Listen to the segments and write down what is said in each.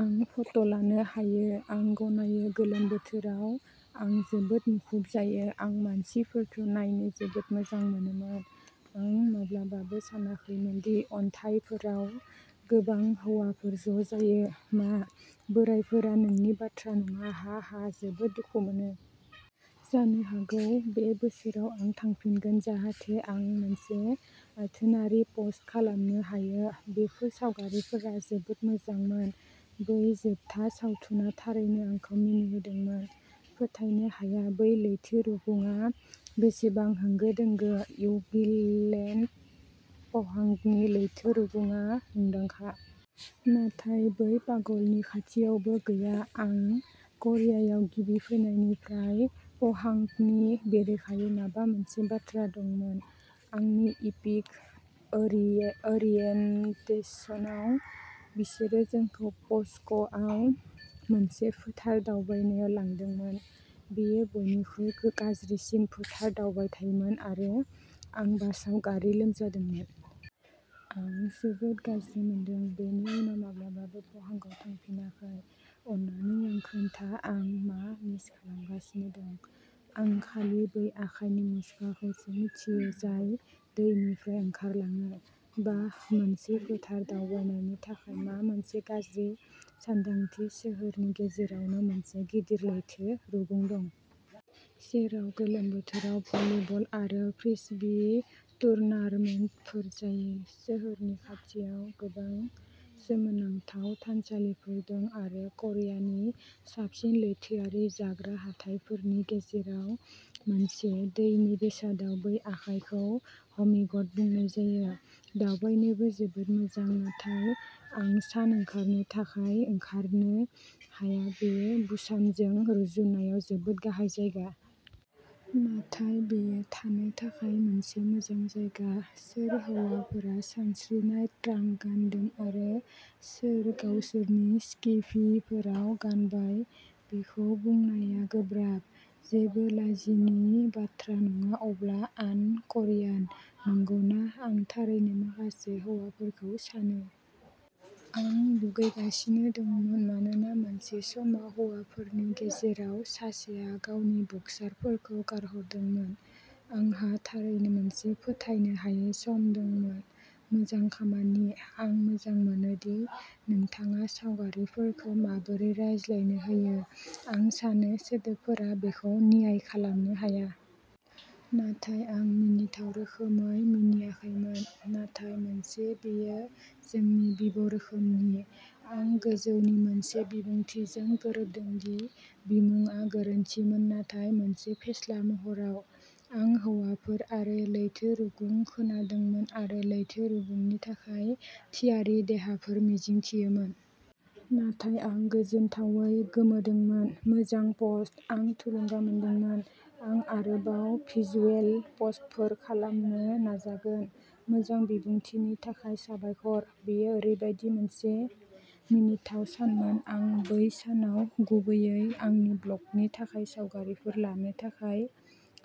आं फट'लानो हायो। आं गनायो गोलोम बोथोराव आं जोबोद मुखुब जायो। आं मानसिफोरखौ नायनो जोबोद मोजां मोनोमोन। आं माब्लाबाबो सानाखैमोन दि अन्थाइफोराव गोबां हौवाफोर ज'जायो। मा? बोराइफोरा नोंनि बाथ्रा नङा? हाहा जोबोद दुखु मोनो! जानो हागौ बे बोसोराव आं थांफिनगोन जाहाथे आं मोनसे आथोनारि पस्ट खालामनो हायो। बेफोर सावगारिफोरा जोबोद मोजांमोन। बै जोबथा सावथुना थारैनो आंखौ मिनिहोदोंमोन। फोथायनो हाया बै लैथो रुगुंआ बेसेबां होंगो दोंगो। योंगिल्डे पोहांगनि लैथो रुगुंआ मुंदांखा। नाथाय बै पागलनि खाथियावबो गैया। आं करियायाव गिबि फैनायनिफ्राय पोहांगनि बेरेखायै माबा मोनसे बाथ्रा दंमोन। आंनि इपिक ओरिया ओरियेनटेसनाव बिसोरो जोंखौ पस्क'आव मोनसे फोथार दावबायनायाव लांदोंमोन। बेयो बयनिख्रुइ गाज्रिसिन फोथार दावबायथायमोन आरो आं बासआव गारि लोमजादोंमोन। आं जोबोद गाज्रि मोनदों। बेनि उनाव माब्लाबाबो पहांआव थांफिनाखै। अननानै आं खोन्था आं मा मिस खालामगासिनो दं। आं खालि बै आखाइनि मुसुखाखौसो मिथियो जाय दैनिफ्राय ओंखारलाङो। बाह मोनसे फोथार दावबायनायनि थाखाय मा मोनसे गाज्रि सानदांथि सोहोरनि गेजेरआवनो मोनसे गिदिर लैथो रुगुं दं। जेराव गोलोम बोथोराव भलिबल आरो फ्रिस्बी टुर्नामेन्टफोर जायो। सोहोरनि खाथियाव गोबां सोमोनांथाव थानसालिफोर दं आरो करियानि साबसिन लैथोआरि जाग्रा हाथाइफोरनि गेजेराव मोनसे दैनि बेसादाव बै आखाइखौ हमिग'ट बुंनाय जायो। दावबायनोबो जोबोद मोजां नाथाय आं सान ओंखारनो थाखाय ओंखारनो हाया बेयो बुसानजों रुजुनायाव जोबोद गाहाय जायगा। नाथाय बेयो थानो थाखाय मोनसे मोजां जायगा। सोर हौवाफोरा सानस्रिनाय ट्रांक गान्दों आरो सोर गावसोरनि स्किभिफोराव गानबाय बेखौ बुंनाया गोब्राब। जेबो लाजिनि बाथ्रा नङा अब्ला आन क'रियान। नंगौना? आं थारैनो माखासे हौवाफोरखौ सानो। आं दुगैगासिनो दंमोन मानोना मोनसे समाव हौवाफोरनि गेजेराव सासेआ गावनि बक्सारफोरखौ गारहरदोंमोन। आंहा थारैनो मोनसे फोथायनो हायै सम दंमोन। मोजां खामानि! आं मोजां मोनो दि नोंथाङा सावगारिफोरखौ माबोरै रायज्लायनो होयो। आं सानो सोदोबफोरा बेखौ न्याय खालामनो हाया। नाथाय आं मिनिथाव रोखोमै मिनिाखैमोन। नाथाय मोनसे बेयो जोंनि बिबौ रोखोमनि। आं गोजौनि मोनसे बिबुंथिजों गोरोबदों दि बिमुंआ गोरोन्थिमोन नाथाय मोनसे फेस्ला महराव। आं हौवाफोर आरो लैथो रुगुं खोनादोंमोन आरो लैथो रुगुंनि थाखाय थियारि देहाफोर मिजिंथियोमोन। नाथाय आं गोजोनथावै? गोमोदोंमोन। मोजां पस्ट। आं थुलुंगा मोन्दोंमोन। आं आरोबाव भिजुएल पस्टफोर खालामनो नाजागोन। मोजां बिबुंथिनि थाखाय साबायखर। बेयो ओरैबायदि मोनसे मिनिथाव सानमोन। आं बै सानाव गुबैयै आंनि ब्लगनि थाखाय सावगारिफोर लानो थाखाय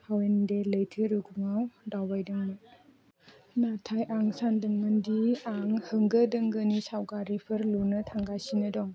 हाउन्डे लैथो रुगुंआव दावबायदोंमोन। नाथाय आं सानदोंमोन दि आं होंगो दोंगोनि सावगारिफोर लुनो थांगासिनो दं।